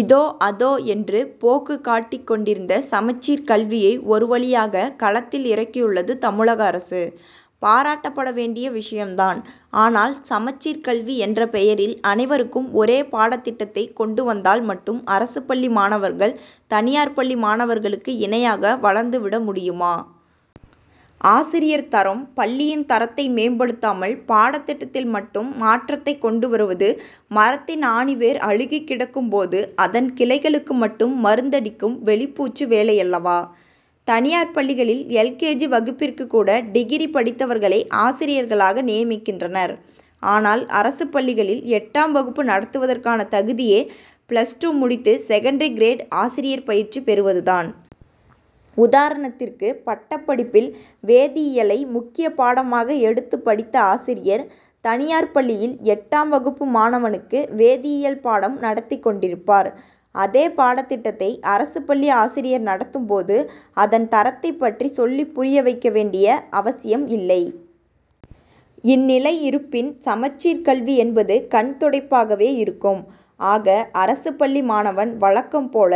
இதோ அதோ என்று போக்குக் காட்டிக் கொண்டிருந்த சமச்சீர் கல்வியை, ஒருவழியாக, களத்தில் இறக்கியுள்ளது தமிழக அரசு; பாராட்டப்பட வேண்டிய விஷயம் தான். ஆனால், சமச்சீர் கல்வி என்ற பெயரில் அனைவருக்கும் ஒரே பாடத்திட்டத்தை கொண்டு வந்தால் மட்டும் அரசு பள்ளி மாணவர்கள், தனியார் பள்ளி மாணவர்களுக்கு இணையாக வளர்ந்து விட முடியுமா? ஆசிரியர் தரம், பள்ளியின் தரத்தை மேம்படுத்தாமல், பாடத்திட்டத்தில் மட்டும் மாற்றத்தை கொண்டு வருவது, மரத்தின் ஆணிவேர் அழுகிக் கிடக்கும் போது, அதன் கிளைகளுக்கு மட்டும் மருந்தடிக்கும் வெளிப்பூச்சு வேலையல்லவா! தனியார் பள்ளிகளில், எல்கேஜி வகுப்பிற்கு கூட, டிகிரி படித்தவர்களை ஆசிரியர்களாக நியமிக்கின்றனர். ஆனால், அரசு பள்ளிகளில் எட்டாம் வகுப்பு நடத்துவதற்கான தகுதியே, பிளஸ் டூ முடித்து, செகண்டரி கிரேட் ஆசிரியர் பயிற்சி பெறுவது தான்! உதாரணத்திற்கு, பட்டப் படிப்பில் வேதியியலை முக்கியப் பாடமாக எடுத்து படித்த ஆசிரியர், தனியார் பள்ளியில், எட்டாம் வகுப்பு மாணவனுக்கு, வேதியியல் பாடம் நடத்திக் கொண்டிருப்பார். அதே பாடத்திட்டத்தை, அரசு பள்ளி ஆசிரியர் நடத்தும் போது, அதன் தரத்தைப் பற்றி சொல்லிப் புரிய வைக்க வேண்டிய அவசியம் இல்லை. இந்நிலை இருப்பின், சமச்சீர் கல்வி என்பது கண்துடைப்பாகவே இருக்கும். ஆக, அரசு பள்ளி மாணவன் வழக்கம் போல,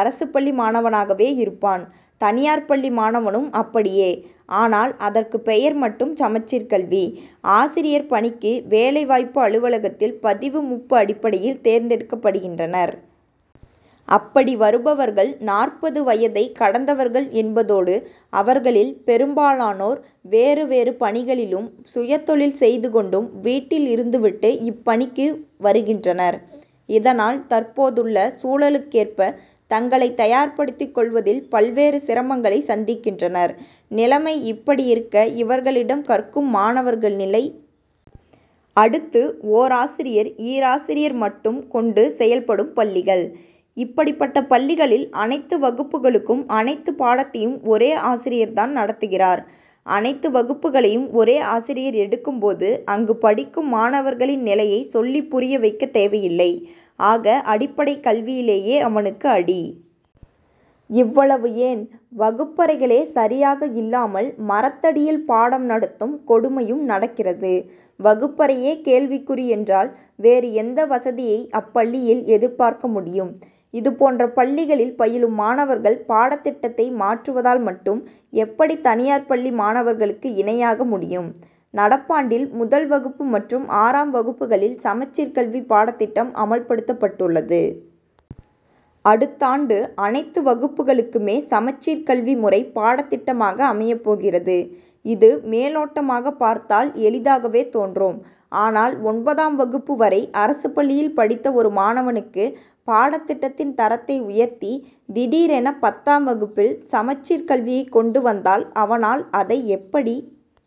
அரசு பள்ளி மாணவனாகவே இருப்பான்; தனியார் பள்ளி மாணவனும் அப்படியே! ஆனால், அதற்கு பெயர் மட்டும் சமச்சீர் கல்வி. ஆசிரியர் பணிக்கு, வேலை வாய்ப்பு அலுவலகத்தில் பதிவு மூப் அடிப்படையில் தேர்ந்தெடுக்கப்படுகின்றனர். அப்படி வருபவர்கள், நாற்பது வயதை கடந்தவர்கள் என்பதோடு, அவர்களில் பெரும்பாலானோர், வேறு வேறு பணிகளிலும், சுயதொழில் செய்து கொண்டும், வீட்டில் இருந்துவிட்டு, இப்பணிக்கு வருகின்றனர். இதனால், தற்போதுள்ள சூழலுக்கேற்ப தங்களை தயார்படுத்திக் கொள்வதில், பல்வேறு சிரமங்களை சந்திக்கின்றனர். நிலைமை இப்படியிருக்க, இவர்களிடம் கற்கும் மாணவர்கள் நிலை? அடுத்து, ஓராசிரியர், ஈராசியர் மட்டும் கொண்டு செயல்படும் பள்ளிகள்! இப்படிப்பட்ட பள்ளிகளில், அனைத்து வகுப்புகளுக்கும், அனைத்து பாடத்தையும் ஒரே ஆசிரியர் தான் நடத்துகிறார். அனைத்து வகுப்புகளையும் ஒரே ஆசிரியர் எடுக்கும் போது, அங்கு படிக்கும் மாணவர்களின் நிலையை சொல்லிப் புரிய வைக்கத் தேவையில்லை. ஆக, அடிப்படைக் கல்வியிலேயே அவனுக்கு அடி! இவ்வளவுஏன் வகுப்பறைகளே சரியாக இல்லாமல், மரத்தடியில் பாடம் நடத்தும் கொடுமையும் நடக்கிறது. வகுப்பறையே கேள்விக்குறி என்றால், வேறு எந்த வசதியை அப்பள்ளியில் எதிர்பார்க்க முடியும். இதுபோன்ற பள்ளிகளில் பயிலும் மாணவர்கள், பாடத்திட்டத்தை மாற்றுவதால் மட்டும், எப்படி தனியார் பள்ளி மாணவர்களுக்கு, இணையாக முடியும்? நடப்பாண்டில், முதல் வகுப்பு மற்றும் ஆறாம் வகுப்புகளில், சமச்சீர் கல்வி பாடத்திட்டம் அமல் படுத்தப்பட்டுள்ளது. அடுத்தாண்டு, அனைத்து வகுப்புகளுக்குமே சமச்சீர் கல்வி முறை பாடத்திட்டமாக அமையப் போகிறது. இது, மேலோட்டமாக பார்த்தால் எளிதாகவே தோன்றும். ஆனால், ஒன்பதாம் வகுப்பு வரை, அரசு பள்ளியில் படித்த ஒரு மாணவனுக்கு, பாடத்திட்டத்தின் தரத்தை உயர்த்தி, திடீரென, பத்தாம் வகுப்பில், சமச்சீர் கல்வியை கொண்டு வந்தால், அவனால், அதை எப்படி